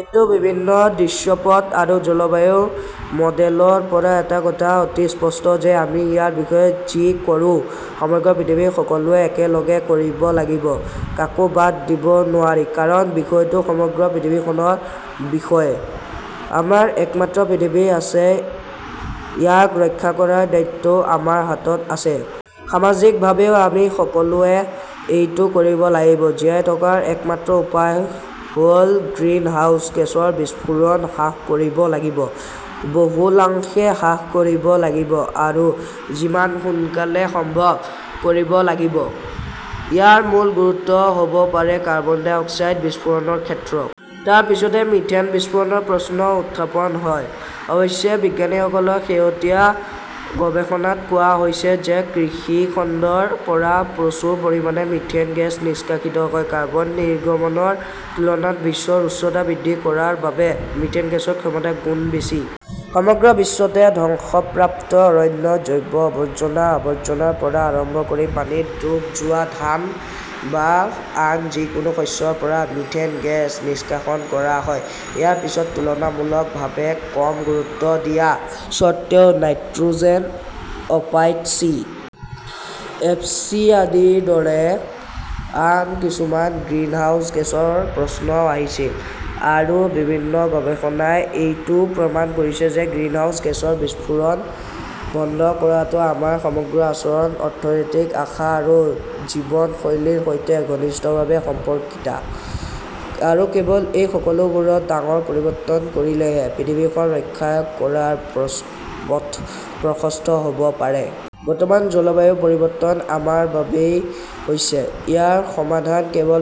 কিন্তু বিভিন্ন দৃশ্যপট আৰু জলবায়ু মডেলৰ পৰা এটা কথা অতি স্পষ্ট যে আমি ইয়াৰ বিষয়ে যি কৰো, সমগ্ৰ পৃথিৱীৰ সকলোৱে একেলগে কৰিব লাগিব, কাকো বাদ দিব নোৱাৰি। কাৰণ বিষয়টো সমগ্ৰ পৃথিৱীখনৰ বিষয়ে। আমাৰ একমাত্ৰ পৃথিৱী আছে, ইয়াক ৰক্ষা কৰাৰ দায়িত্বও আমাৰ হাতত আছে। সামাজিকভাৱেও আমি সকলোৱে এইটো কৰিব লাগিব। জীয়াই থকাৰ একমাত্ৰ উপায় হ "ল-গ্ৰিনহাউজ গেছৰ বিস্ফোৰণ হ্ৰাস কৰিব লাগিব, বহুলাংশে হ্ৰাস কৰিব লাগিব আৰু যিমান সোনকালে সম্ভৱ কৰিব লাগিব। ইয়াৰ মূল গুৰুত্ব হ "ব পাৰে কাৰ্বন ডাই-অপাইড বিস্ফোৰণৰ ক্ষেত্ৰত। তাৰ পিছতে মিথেন বিস্ফোৰণৰ প্ৰশ্ন উত্থাপন হয়। অৱশ্যে বিজ্ঞানীসকলৰ শেহতীয়া গৱেষণাত কোৱা হৈছে যে কৃষি খণ্ডৰ পৰা প্ৰচুৰ পৰিমাণে মিথেন গেছ নিষ্কাশিত হয়। কাৰ্বন নিৰ্গমনৰ তুলনাত বিশ্বৰ উষ্ণতা বৃদ্ধি কৰাৰ বাবে মিথেন গেছৰ ক্ষমতা গুণ বেছি। সমগ্ৰ বিশ্বতে ধ্বংসপ্ৰাপ্ত অৰণ্য, জৈৱ আৱৰ্জনা, আৱৰ্জনাৰ পৰা আৰম্ভ কৰি পানীত ডুব যোৱা ধান বা আন যিকোনো শস্যৰ পৰা মিথেন গেছ নিষ্কাশন কৰা হয়। ইয়াৰ পিছত তুলনামূলকভাৱে কম গুৰুত্ব দিয়া স্বত্বেও নাইট্ৰ "জেন অপাইড, চি. এফ. চি. আদিৰ দৰে আন কিছুমান গ্ৰিনহাউজ গেছৰ প্ৰশ্নও আহিছিল। আৰু বিভিন্ন গৱেষণাই এইটোও প্ৰমাণ কৰিছে যে গ্ৰিনহাউজ গেছৰ বিস্ফোৰণ বন্ধ কৰাটো আমাৰ সমগ্ৰ আচৰণ, অৰ্থনৈতিক আশা আৰু জীৱনশৈলীৰ সৈতে ঘনিষ্ঠভাৱে সম্পৰ্কিত। আৰু কেৱল এই সকলোবোৰত ডাঙৰ পৰিৱৰ্তন কৰিলেহে পৃথিৱীখন ৰক্ষা কৰাৰ পথ প্ৰশস্ত হ "ব পাৰে। বৰ্তমানৰ জলবায়ু পৰিৱৰ্তন আমাৰ বাবেই হৈছে। ইয়াৰ সমাধান কেৱল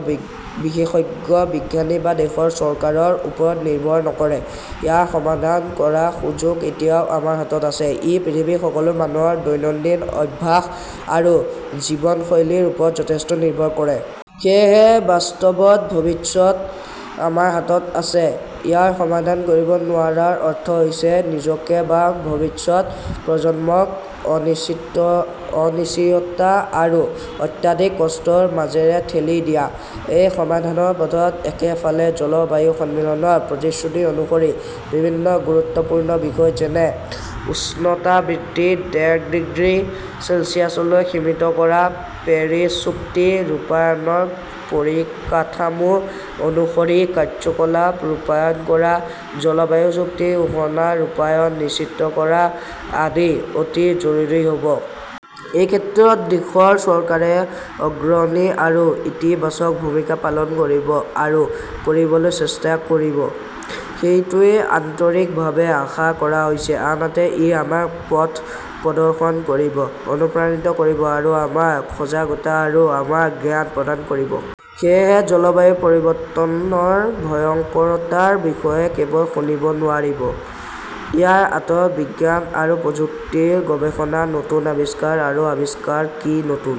বিশেষজ্ঞ বিজ্ঞানী বা দেশৰ চৰকাৰৰ ওপৰত নিৰ্ভৰ নকৰে। ইয়াৰ সমাধান কৰাৰ সুযোগ এতিয়াও আমাৰ হাতত আছে। ই পৃথিৱীৰ সকলো মানুহৰ দৈনন্দিন অভ্যাস আৰু জীৱনশৈলীৰ ওপৰত যথেষ্ট নিৰ্ভৰ কৰে। সেয়েহে বাস্তৱত ভৱিষ্যত আমাৰ হাতত আছে। ইয়াৰ সমাধান কৰিব নোৱাৰাৰ অৰ্থ হৈছে নিজকে বা ভৱিষ্যত প্ৰজন্মক অনিশ্চয়তা আৰু অত্যাধিক কষ্টৰ মাজেৰে ঠেলি দিয়া। এই সমাধানৰ পথত একেফালে জলবায়ু সন্মিলনৰ প্ৰতিশ্ৰুতি অনুসৰি বিভিন্ন গুৰুত্বপূৰ্ণ বিষয় যেনেঃ উষ্ণতা বৃদ্ধি ডেৰ ডিগ্ৰী চেলছিয়াছলৈ সীমিত কৰা, পেৰিছ চুক্তি ৰূপায়ণৰ পৰিকাঠামো অনুসৰি কাৰ্যকলাপ ৰূপায়ণ কৰা, জলবায়ু চুক্তি ঘোষণাৰ ৰূপায়ণ নিশ্চিত কৰা আদি অতি জৰুৰী হ 'ব। এই ক্ষেত্ৰত দেশৰ চৰকাৰে অগ্ৰণী আৰু ইতিবাচক ভূমিকা পালন কৰিব আৰু কৰিবলৈ চেষ্টা কৰিব-সেইটোৱেই আন্তৰিকতাৰে আশা কৰা হৈছে। আনহাতে, ই আমাক পথ প্ৰদৰ্শন কৰিব, অনুপ্ৰাণিত কৰিব আৰু আমাৰ সজাগতা আৰু আমাৰ জ্ঞান প্ৰদান কৰিব। সেয়েহে জলবায়ু পৰিৱৰ্তনৰ ভয়ংকৰতাৰ বিষয়ে কেৱল শুনিব নোৱাৰিব। ইয়াৰ আঁৰত বিজ্ঞান আৰু প্ৰযুক্তিৰ গৱেষণা, নতুন আৱিষ্কাৰ আৰু আৱিষ্কাৰ কি, নতুন